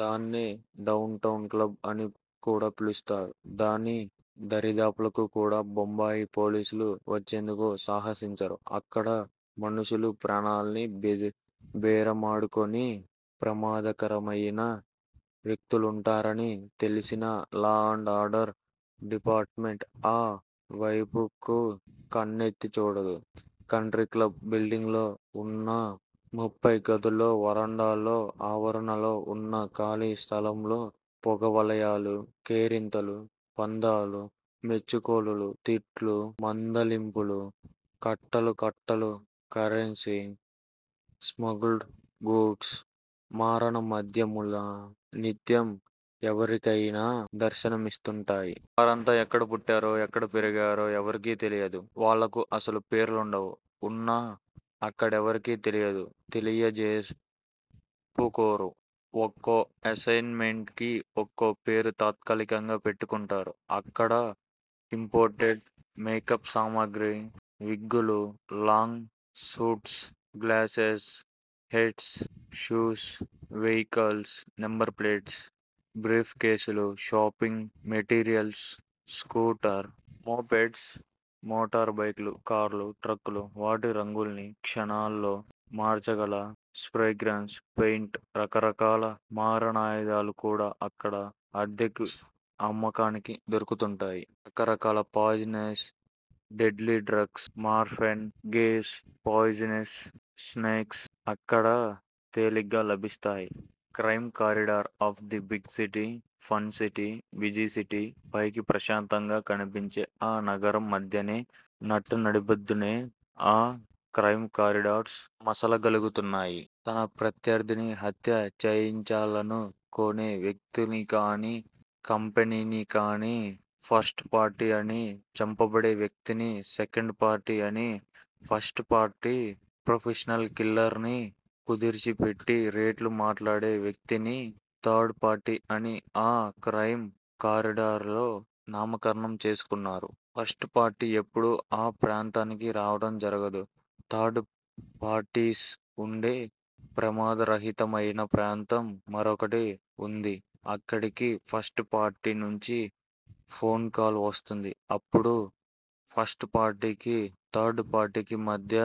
దాన్నే downtown club అని కూడా పిలుస్తారు. దాని దరిదాపులకు కూడా బొంబాయి పోలీసులు వచ్చేందుకు సాహసించరు. అక్కడ మనుషుల ప్రాణాల్ని బేరమాడుకొనే ప్రమాదకరమయిన వ్యక్తులుంటారని తెలిసినా లా అండ్ ఆర్డర్ డిపార్టుమెంట్ ఆ వేపుకి కన్నెత్తి చూడదు. కంట్రీక్లబ్ బిల్డింగ్ లో ఉన్న ముఫ్ఫాయ్ గదుల్లో, వరండాల్లో, ఆవరణలో ఉన్న ఖాళీ స్థలంలో పొగవలయాలు, కేరింతలు, పందాలు, మెచ్చుకోలులు, తిట్లు, మందలింపులు, కట్టల కట్టలు కరెన్సీ, స్మగుల్డ్ గూడ్స్, మారణామద్యాలు నిత్యం ఎవరికయినా దర్శనమిస్తుంటాయి. వారంతా ఎక్కడ పుట్టారో, ఎక్కడ పెరిగారో ఎవరికీ తెలీదు. వాళ్ళకు అసలు పేర్లుండవు. ఉన్నా అక్కడెవరికీ తెలీదు. తెలియజెప్పుకోరు. ఒక్కో ఎసైన్ మెంట్ కి ఒక్కో పేరుని తాత్కాలికంగా పెట్టుకుంటుంటారు. అక్కడ ఇంపోర్టెడ్ మేకప్ సామాగ్రి, విగ్గులు, long suits, glasses, hats, shoes, vehicles, number plates, brief కేసులు, shopping materials, scooters, mopeds, motor bikes, కార్లు, ట్రక్కులు, వాటి రంగుల్ని క్షణాల్లో మార్చగల స్ప్రేగన్స్, పెయింట్స్, రకరకాల మారణాయుధాలు కూడా అక్కడ అద్దెకు, అమ్మకానికి దొరుకుతుంటాయి. రకరకాల poisons, deadly drugs, morphine, gas, poisonous snakes అక్కడ తేలిగ్గా లభిస్తాయి. Crime corridors of the big city- fun city- busy city- పైకి ప్రశాంతంగా కనిపించే ఆ నగరం మధ్యనే, నట్ట నడిఒడ్డునే, ఆ క్రైమ్ కారిడార్స్ మసలగలుగుతున్నాయి. తన ప్రత్యర్ధిని హత్య చేయించాలను కొనే వ్యక్తినికాని, కంపెనీని కాని ఫస్ట్ పార్టీ అని, చంపబడే వ్యక్తిని సెకండ్ పార్టీ అని, ఫస్ట్ పార్టీ ప్రొఫెషనల్ కిల్లర్ ని కుదిర్చిపెట్టి రేట్లు మాట్లాడే వ్యక్తిని థర్డుపార్టీ అని ఆ క్రైమ్ కారిడార్స్ లో నామకరణం చేసుకున్నారు. ఫస్టు పార్టీ ఎప్పుడూ ఆ ప్రాంతానికి రావటం జరగదు. థర్డు పార్టీస్ ఉండే ప్రమాదరహితమయిన ప్రాంతం మరొకటి ఉంది. అక్కడికి ఫస్టు పార్టీ నుంచి ఫోన్ కాల్ వస్తుంది. అప్పుడు ఫస్టు పార్టీకి, థర్డు పార్టీకి మధ్య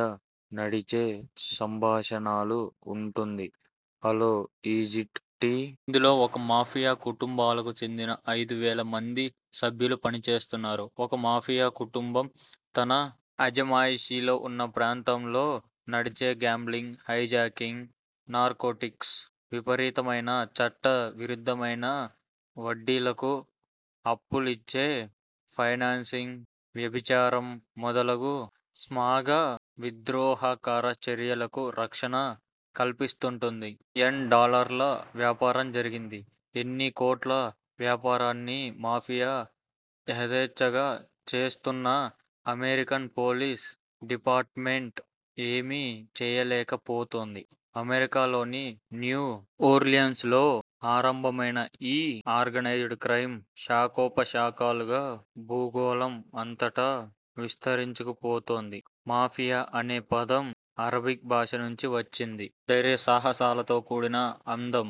నడిచే సంభాషణాలు ఉంటుంది. హలో ఈజిట్ టి. ఇందులో ఒక మాఫియా కుటుంబాలకు చెందిన ఐదు వేల మంది సభ్యులు పనిచేస్తున్నారు. ఒక మాఫియా కుటుంబం తన అజమాయిషీలో ఉన్న ప్రాంతంలో నడిచే గేంబ్లింగ్, హైజాకింగ్, నార్కోటిక్స్ విపరీతమయిన- చట్ట విరుద్దమైన వడ్డీలకు అప్పులిచ్చే ఫైనాన్సింగ్, వ్యభిచారం మొదలగు స్మాఘ విద్రోహకరచర్యలకు రక్షణ కల్పిస్తుంటుంది. ఎస్. డాలర్ల. వ్యాపారం జరిగింది. ఇన్నివేల కోట్ల వ్యాపారాన్ని మాఫియా యధేచ్చగా చేస్తున్నా అమెరికన్ పోలీస్ డిపార్ట్ మెంట్ ఏమీ చేయలేక పోతోంది. అమెరికాలోని న్యూ ఓర్లియన్స్ లో ఆరంభమైన ఈ ఆర్గనైజ్డ్ క్రైమ్ శాఖోపశాఖలుగా భూగోళం అంతటా విస్తరించుకు పోతోంది. మాఫియా అనే పదం అరబిక్ భాష నుంచి వచ్చింది. ధైర్య సాహసాలతో కూడిన అందం,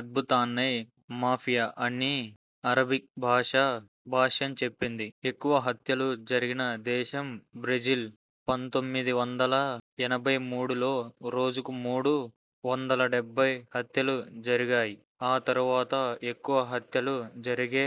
అద్భుతాన్నే మాఫియా అని అరబిక్ భాష భాష్యం చెప్పింది. ఎక్కువ హత్యలు జరిగిన దేశం బ్రెజిల్ పంతోమిది వందల ఎనబైమూడు లో రోజుకు మూడు వందలాడెబ్భై హత్యలు జరిగాయి. ఆ తరువాత ఎక్కువ హత్యలు జరిగే